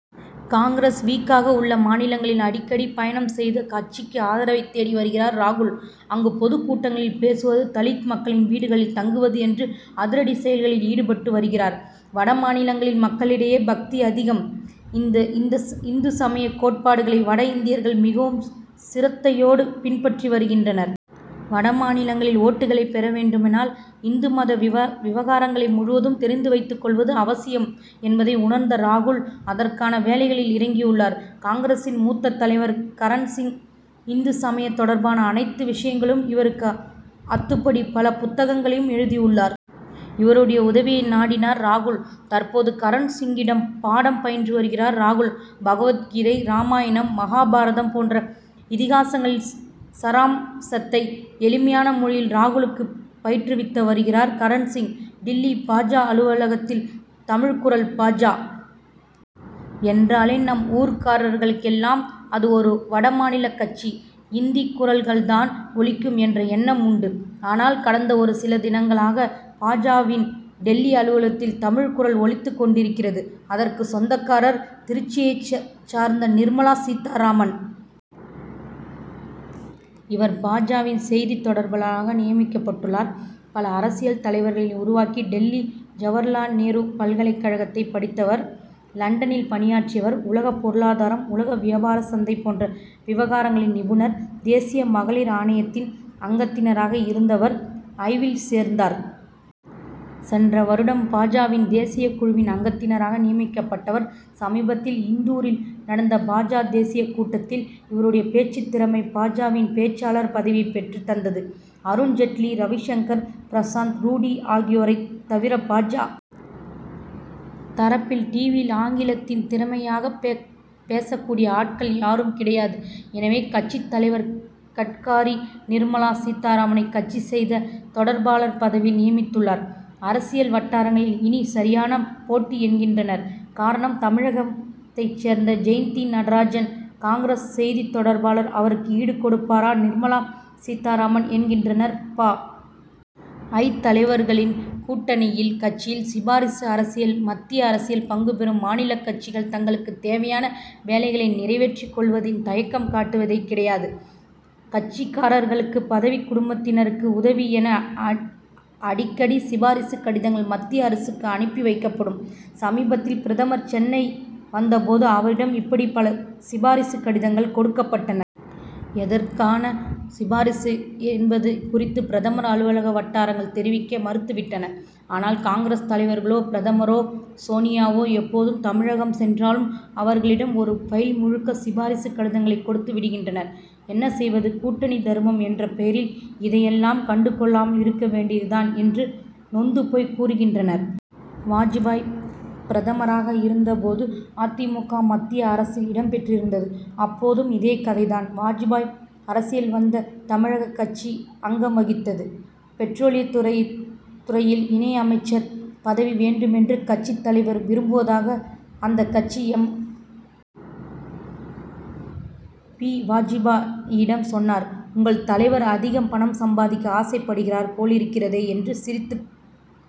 காங்கிரஸ் வீக்காக உள்ள மாநிலங்களில் அடிக்கடி பயணம் செய்து, கட்சிக்கு ஆதரவைத் தேடி வருகிறார் ராகுல். அங்கு பொதுக் கூட்டங்களில் பேசுவது தலித் மக்களின் வீடுகளில் தங்குவது என்று அதிரடி செயல்களில் ஈடுபட்டு வருகிறார். வட மாநிலங்களில், மக்களிடையே பக்தி அதிகம். இந்து சமய கோட்பாடுகளை, வட இந்தியர்கள் மிகவும் சிரத்தையோடு பின்பற்றி வருகின்றனர். வட மாநிலங்களில், ஓட்டுகளைப் பெற வேண்டுமானால் இந்து மத விவகாரங்களை முழுவதும், தெரிந்து வைத்துக் கொள்வது அவசியம் என்பதை உணர்ந்த ராகுல், அதற்கான வேலைகளில் இறங்கியுள்ளனர். காங்கிரசின் மூத்த தலைவர் கரண் சிங். இந்து சமயம் தொடர்பான அனைத்து விஷயங்களும், இவருக்கு அத்துபடி. பல புத்தகங்களை எழுதியுள்ளார். இவருடைய உதவியை நாடினார் ராகுல். தற்போது, கரண் சிங்கிடம் பாடம் பயின்று வருகிறார் ராகுல். பகவத் கீதை, ராமாயணம், மகாபாரதம் போன்ற இதிகாசங்களின் சாராம்சத்தை, எளிமையான மொழியில் ராகுலுக்கு பயிற்றுவித்து வருகிறார் கரண் சிங். டில்லி பா. ஜ., அலுவலகத்தில் தமிழ் குரல் பா. ஜ. என்றாலே, நம்ம ஊர்க்காரர்களுக்கெல்லாம் அது ஒரு வட மாநில கட்சி, இந்தி குரல்கள்தான் ஒலிக்கும் என்ற எண்ணம் உண்டு. ஆனால், கடந்த ஒரு சில தினங்களாக பா. ஜ.,வின் டில்லி அலுவலகத்தில் தமிழ் குரல் ஒலித்துக் கொண்டிருக்கிறது. அதற்கு சொந்தக்காரர் திருச்சியைச் சார்ந்த, நிர்மலா சீத்தாராமன். இவர், பா. ஜ.,வின் செய்தித் தொடர்பாளராக நியமிக்கப்பட்டுள்ளார். பல அரசியல் தலைவர்களை உருவாக்கிய, டில்லி ஜவகர்லால் நேரு பல்கலைக் கழகத்தில் படித்தவர். லண்டனில் பணியாற்றியவர். உலக பொருளாதாரம், உலக வியாபார சந்தை போன்ற விவகாரங்களில் நிபுணர். தேசிய மகளிர் ஆணையத்தில் அங்கத்தினராக இருந்தவர். ஜ.,வில் சேர்ந்தார். சென்ற வருடம் பா. ஜ.,வின் தேசிய குழுவின் அங்கத்தினராக நியமிக்கப்பட்டார். சமீபத்தில் இந்தூரில் நடந்த பா. ஜ., தேசிய கூட்டத்தில், இவருடைய பேச்சு திறமை பா. ஜ.,வின் பேச்சாளர் பதவியைப் பெற்றுத் தந்தது. அருண் ஜெட்லி, ரவிசங்கர் பிரசாத், ரூடி ஆகியோரைத் தவிர, பா. ஜ., தரப்பில் 'டிவி'யில் ஆங்கிலத்தில் திறமையாகப் பேசக் கூடிய ஆட்கள், யாரும் கிடையாது. எனவே, கட்சித் தலைவர் கட்காரி, நிர்மலா சீத்தாராமனை, கட்சி செய்தி தொடர்பாளர் பதவியில் நியமித்துள்ளார். அரசியல் வட்டாரங்களில், இனி சரியான போட்டி என்கின்றனர். காரணம், தமிழகத்தைச் சேர்ந்த ஜெயந்தி நடராஜன் காங்கிரஸ் செய்தி தொடர்பாளர், அவருக்கு ஈடு கொடுப்பார் நிர்மலா சீத்தாராமன் என்கின்றனர் பா. ஜ., தலைவர்கள். கூட்டணி கட்சிகளின் சிபாரிசு அரசியல் மத்திய அரசில் பங்கு பெறும், மாநிலக் கட்சிகள் தங்களுக்குத் தேவையான வேலைகளை நிறைவேற்றிக் கொள்வதில் தயக்கம் காட்டுவதே கிடையாது. கட்சிக்காரர்களுக்கு பதவி, குடும்பத்தினருக்கு உதவி என அடிக்கடி சிபாரிசு கடிதங்கள், மத்திய அரசுக்கு அனுப்பி வைக்கப்படும். சமீபத்தில் பிரதமர் சென்னை வந்த போது, அவரிடம் இப்படி பல சிபாரிசு கடிதங்கள் கொடுக்கப்பட்டன. எதற்கான சிபாரிசு என்பது குறித்து, பிரதமர் அலுவலக வட்டாரங்கள் தெரிவிக்க மறுத்துவிட்டன. ஆனால், காங்கிரஸ் தலைவர்களோ, பிரதமரோ, சோனியாவோ எப்போது தமிழகம் சென்றாலும், அவர்களிடம் ஒரு பைல் முழுக்க சிபாரிசு கடிதங்களைக் கொடுத்து விடுகின்றனர். 'என்ன செய்வது கூட்டணி தர்மம் என்ற பெயரில், இதையெல்லாம் கண்டுகொள்ளாமல் இருக்க வேண்டியதுதான்' என்று நொந்து போய் கூறுகின்றனர். வாஜ்பாய் பிரதமராக இருந்த போது அ. தி. மு. க., மத்திய அரசில் இடம் பெற்றிருந்தது. அப்போதும், இதே கதைதான். வாஜ்பாய் அரசில் அந்த தமிழக கட்சி அங்கம் வகித்தது. பெட்ரோலியத்துறையில், இணை அமைச்சர் பதவி வேண்டும் என்று, கட்சித் தலைவர் விரும்புவதாக அந்த கட்சி எம். பி., வாஜ்பாயிடம் சொன்னார். 'உங்கள் தலைவர் அதிக பணம் சம்பாதிக்க ஆசைப்படுகிறார் போலிருக்கிறதே? ' என்று சிரித்துக்